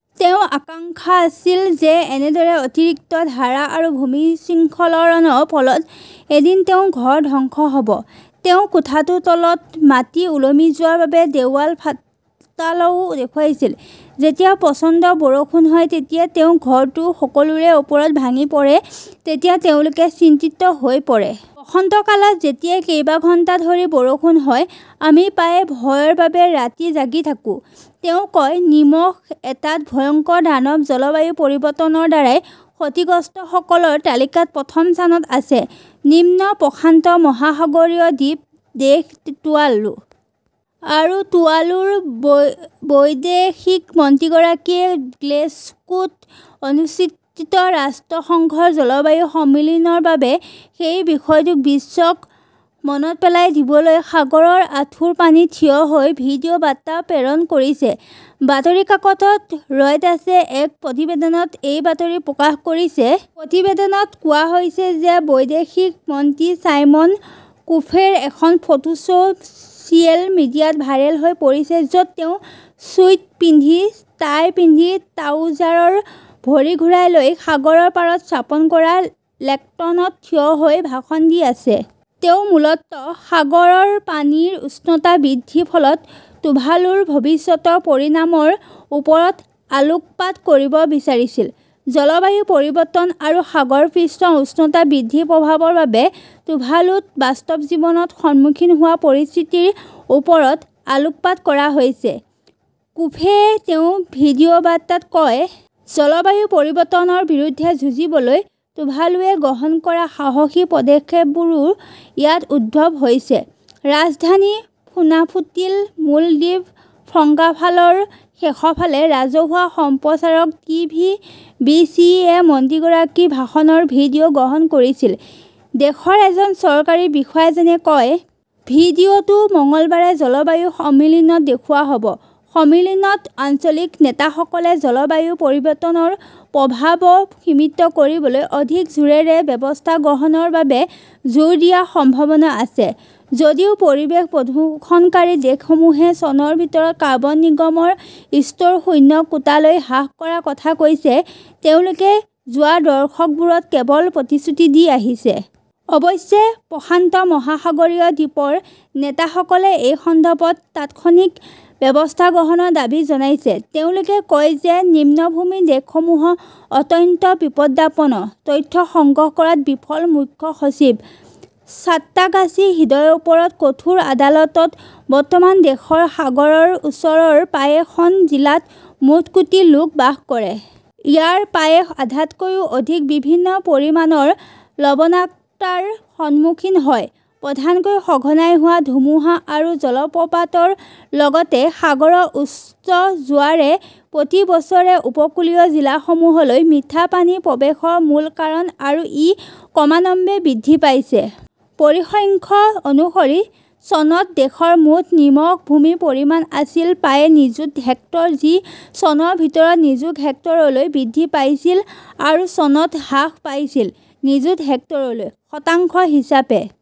তেওঁৰ আশংকা আছিল যে এনেদৰে অতিৰিক্ত ধাৰা আৰু ভূমিস্খলনৰ ফলত এদিন তেওঁৰ ঘৰ ধ্বংস হ’ব। তেওঁ কোঠাটোৰ তলত মাটি ওলমি যোৱাৰ বাবে দেৱালৰ ফাটলও দেখুৱাইছিল। যেতিয়া প্ৰচণ্ড বৰষুণ হয় তেতিয়া তেওঁৰ ঘৰটো সকলোৰে ওপৰত ভাঙি পৰে তেতিয়া তেওঁলোকে চিন্তিত হৈ পৰে। বসন্তকালত যেতিয়াই কেইবা ঘণ্টা ধৰি বৰষুণ হয়, আমি প্ৰায়ে ভয়ৰ বাবে ৰাতি জাগি থাকো", তেওঁ কয় নিমখঃ এটা ভয়ংকৰ দানৱ জলবায়ু পৰিৱৰ্তনৰ দ্বাৰা ক্ষতিগ্ৰস্তসকলৰ তালিকাত প্ৰথম স্থানত আছে নিম্ন-প্ৰশান্ত মহাসাগৰীয় দ্বীপ দেশ টুৱালু। আৰু টৱালুৰ বৈদেশিক মন্ত্ৰীগৰাকীয়ে গ্লছগোত অনুষ্ঠিত ৰাষ্ট্ৰসংঘৰ জলবায়ু সন্মিলনৰ বাবে সেই বিষয়টো বিশ্বক মনত পেলাই দিবলৈ সাগৰৰ আঁঠুৰ পানীত থিয় হৈ ভিডিঅ বাৰ্তা প্ৰেৰণ কৰিছে। বাতৰি কাকত ৰয়টাৰ্ছে এক প্ৰতিবেদনত এই বাতৰি প্ৰকাশ কৰিছে। প্ৰতিবেদনত কোৱা হৈছে যে বৈদেশিক মন্ত্ৰী চাইমন কোফেৰ এখন ফটো ছ চিয়েল মিডিয়াত ভাইৰেল হৈ পৰিছে য’ত তেওঁ চুইট পিন্ধি, টাই পিন্ধি ট্ৰাউজাৰৰ ভৰি ঘূৰাই লৈ সাগৰৰ পাৰত স্থাপন কৰা লেক্টৰ্ণত থিয় হৈ ভাষণ দি আছে। তেওঁ মূলতঃ সাগৰৰ পানীৰ উচ্চতা বৃদ্ধিৰ ফলত টুভালুৰ ভৱিষ্যতৰ পৰিণামৰ ওপৰত আলোকপাত কৰিব বিচাৰিছিল। জলবায়ু পৰিৱৰ্তন আৰু সাগৰ পৃষ্ঠৰ উচ্চতা বৃদ্ধিৰ প্ৰভাৱৰ বাবে টুভালুত বাস্তৱ জীৱনত সন্মুখীন হোৱা পৰিস্থিতিৰ ওপৰত আলোকপাত কৰা হৈছে", কোফেয়ে তেওঁৰ ভিডিঅ বাৰ্তাত কয়। জলবায়ু পৰিৱৰ্তনৰ বিৰুদ্ধে যুঁজিবলৈ টুভালুৱে গ্ৰহণ কৰা সাহসী পদক্ষেপবোৰো ইয়াত উদ্ভৱ হৈছে। ৰাজধানী ফুনাফুটিৰ মূল দ্বীপ ফঙ্গাফালৰ শেষৰ ফালে ৰাজহুৱা সম্প্ৰচাৰক" টি. ভি. বি. চি. য়ে মন্ত্ৰীগৰাকীৰ ভাষণৰ ভিডিঅ গ্ৰহণ কৰিছিল, দেশৰ এজন চৰকাৰী বিষয়াজনে কয়। ভিডিঅ 'টো মঙলবাৰে জলবায়ু সন্মিলনত দেখুওৱা হ' ব। সন্মিলনত আঞ্চলিক নেতাসকলে জলবায়ু পৰিৱৰ্তনৰ প্ৰভাৱ সীমিত কৰিবলৈ অধিক জোৰেৰে ব্যৱস্থা গ্ৰহণৰ বাবে জোৰ দিয়াৰ সম্ভাৱনা আছে। যদিও পৰিৱেশ প্ৰদূষণকাৰী দেশসমূহে চনৰ ভিতৰত কাৰ্বন নিৰ্গমনৰ স্তৰ শূন্য কোটালৈ হ্ৰাস কৰাৰ কথা কৈছে, তেওঁলোকে যোৱা দশকবোৰত কেৱল প্ৰতিশ্ৰুতি দি আহিছে। অৱশ্যে, প্ৰশান্ত মহাসাগৰীয় দ্বীপৰ নেতাসকলে এই সন্দৰ্ভত তাৎক্ষণিক ব্যৱস্থা গ্ৰহণৰ দাবী জনাইছে। তেওঁলোকে কয় যে নিম্নভূমিৰ দেশসমূহ অত্যন্ত বিপদাপন্ন। তথ্য সংগ্ৰহ কৰাত 'বিফল' মুখ্য সচিব, সাঁত্ৰাগাছী হ্ৰদৰ ওপৰত কঠোৰ আদালত বৰ্তমান দেশৰ সাগৰৰ ওচৰৰ প্ৰায় খন জিলাত মুঠ কোটি লোক বাস কৰে। ইয়াৰ প্ৰায় আধাতকৈও অধিক বিভিন্ন পৰিমাণৰ লবণাক্ততাৰ সন্মুখীন হয়। প্ৰধানকৈ সঘনাই হোৱা ধুমুহা আৰু জলপ্ৰপাতৰ লগতে সাগৰৰ উচ্চ জোৱাৰে প্ৰতি বছৰে উপকূলীয় জিলাসমূহলৈ মিঠা পানীৰ প্ৰৱেশৰ মূল কাৰণ আৰু ই ক্ৰমান্বয়ে বৃদ্ধি পাইছে। পৰিসংখ্য অনুসৰি, চনত দেশৰ মুঠ নিমখ ভূমিৰ পৰিমাণ আছিল প্ৰায় নিযুত হেক্টৰ যি চনৰ ভিতৰত নিযুত হেক্টৰলৈ বৃদ্ধি পাইছিল আৰু চনত হ্ৰাস পাইছিল নিযুত হেক্টৰলৈ। শতাংশ হিচাপে,